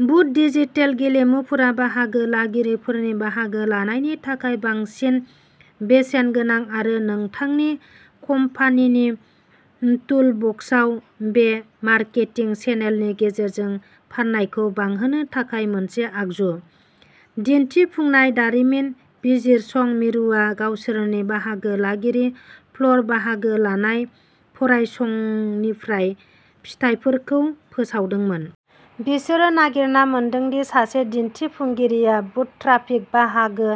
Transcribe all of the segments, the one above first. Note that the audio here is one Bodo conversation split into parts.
बुथ, डिजिटेल गेलेमुफोरा बाहागो लागिरिफोरनि बाहागो लानायनि थाखाय बांसिन बेसेनगोनां आरो नोंथांनि कम्पानिनि टुलबक्सआव बे मार्केटिं चेनेलनि गेजेरजों फाननायखौ बांहोनो थाखाय मोनसे आगजु। दिन्थिफुंनाय दारिमिन बिजिरसं मिरुआ गावसोरनि बाहागो लागिरि फ्लर बाहागो लानाय फरायसंनिफ्राय फिथायफोरखौ फोसावदोंमोन। बिसोरो नागिरना मोनदों दि सासे दिन्थिफुंगिरिया बुथ ट्राफिक बाहागो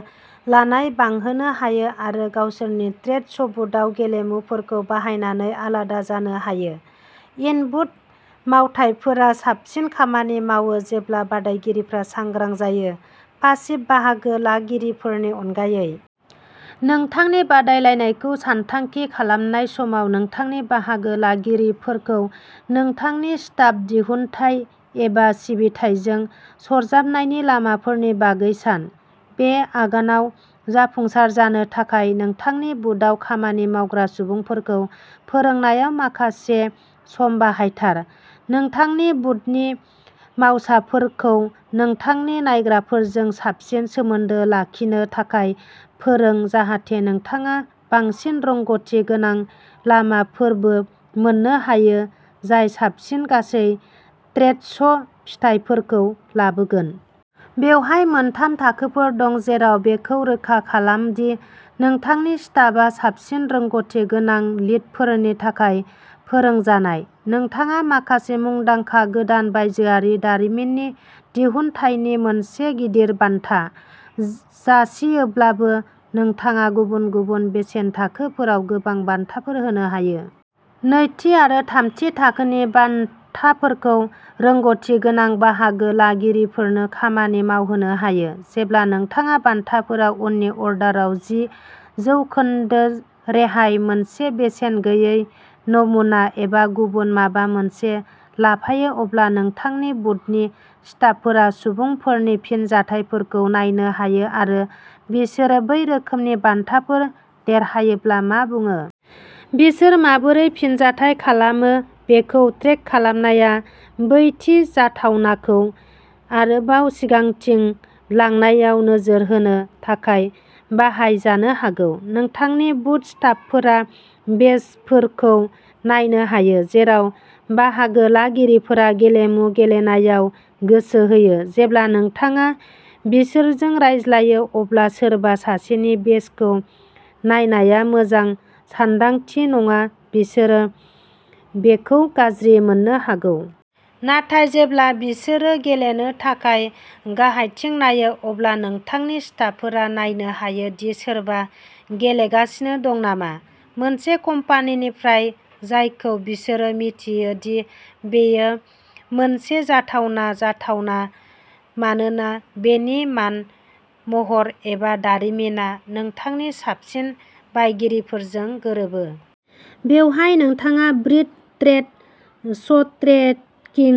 लानाय बांहोनो हायो आरो गावसोरनि ट्रेड श'बुथआव गेलेमुफोरखौ बाहायनानै आलादा जानो हायो। इन-बुथ मावथायफोरा साबसिन खामानि मावो जेब्ला बादायगिरिफोरा सांग्रां जायो, पासिभ बाहागो लागिरिफोरनि अनगायै। नोंथांनि बादायलायनायखौ सानथांखि खालामनाय समाव, नोंथांनि बाहागो लागिरिफोरखौ नोंथांनि स्टाफ, दिहुनथाइ एबा सिबिथाइजों सरजाबनायनि लामाफोरनि बागै सान। बे आगानाव जाफुंसार जानो थाखाय, नोंथांनि बुथआव खामानि मावग्रा सुबुंफोरखौ फोरोंनायाव माखासे सम बाहायथार। नोंथांनि बुथनि मावसाफोरखौ नोंथांनि नायग्राफोरजों साबसिन सोमोन्दो लाखिनो थाखाय फोरों, जाहाथे नोंथाङा बांसिन रोंग'थि गोनां लामाफोरबो मोन्नो हायो, जाय साबसिन गासै ट्रेड श' फिथाइफोरखौ लाबोगोन। बेवहाय मोनथाम थाखोफोर दं जेराव बेखौ रोखा खालाम दि नोंथांनि स्टाफआ साबसिन रोंग'थि गोनां लिडफोरनि थाखाय फोरोंजानाय। नोंथाङा माखासे मुंदांखा गोदान बायजोआरि दारिमिननि दिहुनथायनि मोनसे गिदिर बान्था जासियोब्लाबो, नोंथाङा गुबुन गुबुन बेसेन थाखोफोराव गोबां बान्थाफोर होनो हायो। नैथि आरो थामथि थाखोनि बान्थाफोरखौ रोंग'थि गोनां बाहागो लागिरिफोरनो खामानि मावहोनो हायो। जेब्ला नोंथाङा बान्थाफोराव उननि अर्डाराव जि जौखोन्दो रेहाय, मोनसे बेसेन गैयै नमुना, एबा गुबुन माबा मोनसे लाफायो, अब्ला नोंथांनि बुथनि स्टाफफोरा सुबुंफोरनि फिनजाथायफोरखौ नायनो हायो आरो बिसोर बै रोखोमनि बान्थाफोर देरहायोब्ला मा बुङो। बिसोर माबोरै फिनजाथाय खालामो बेखौ ट्रेक खालामनाया बै थि जाथावनाखौ आरोबाव सिगांथिं लांनायाव नोजोर होनो थाखाय बाहायजानो हागौ। नोंथांनि बुथ स्टाफफोरा बेजफोरखौ नायनो हायो, जेराव बाहागो लागिरिफोरा गेलेमु गेलेनायाव गोसो होयो। जेब्ला नोंथाङा बिसोरजों रायज्लायो, अब्ला सोरबा सासेनि बेजखौ नायनाया मोजां सानदांथि नङा बिसोरो बेखौ गाज्रि मोननो हागौ। नाथाय जेब्ला बिसोरो गेलेनो थाखाय गाहायथिं नायो, अब्ला नोंथांनि स्टाफफोरा नायनो हायो दि सोरबा गेलेगासिनो दं नामा। मोनसे कम्पानिनिफ्राय जायखौ बिसोरो मिथियो दि बेयो मोनसे जाथावना जाथावना, मानोना बेनि मान, महर एबा दारिमिना नोंथांनि साबसिन बायगिरिफोरजों गोरोबो। बेवहाय नोंथाङा ब्रिद ट्रेड श'ट्रेकिं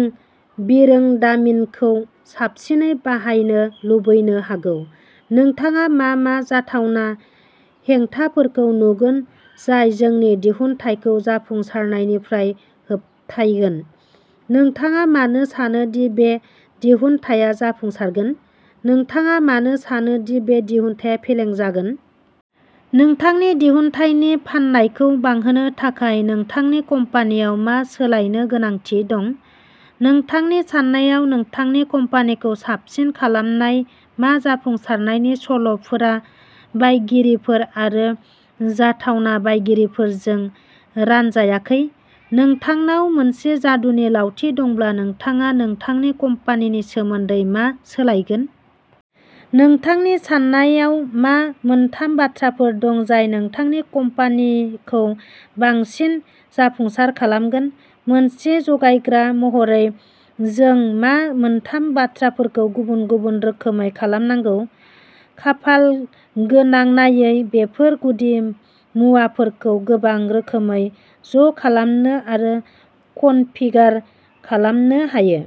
बिरोंदामिनखौ साबसिनै बाहायनो लुबैनो हागौ। नोंथाङा मा मा जाथावना हेंथाफोरखौ नुगोन जाय जोंनि दिहुनथायखौ जाफुंसारनायनिफ्राय होबथायगोन। नोंथाङा मानो सानो दि बे दिहुनथाया जाफुंसारगोन? नोंथाङा मानो सानो दि बे दिहुनथाया फेलें जागोन? नोंथांनि दिहुनथायनि फाननायखौ बांहोनो थाखाय नोंथांनि कम्पानिआव मा सोलायनो गोनांथि दं? नोंथांनि सान्नायाव, नोंथांनि कम्पानिखौ साबसिन खालामनाय मा जाफुंसारनायनि सल'फोरा बायगिरिफोर आरो जाथावना बायगिरिफोरजों रानजायाखै? नोंथांनाव मोनसे जादुनि लावथि दंब्ला नोंथाङा नोंथांनि कम्पानिनि सोमोन्दै मा सोलायगोन? नोंथांनि सान्नायाव मा मोनथाम बाथ्राफोर दं जाय नोंथांनि कम्पानिखौ बांसिन जाफुंसार खालामगोन? मोनसे जगायग्रा महरै जों मा मोनथाम बाथ्राफोरखौ गुबुन-गुबुन रोखोमै खालामनांगौ? खाफालगोनांनायै, बेफोर गुदि मुवाफोरखौ गोबां रोखोमै ज'खालामनो आरो कनफिगार खालामनो हायो।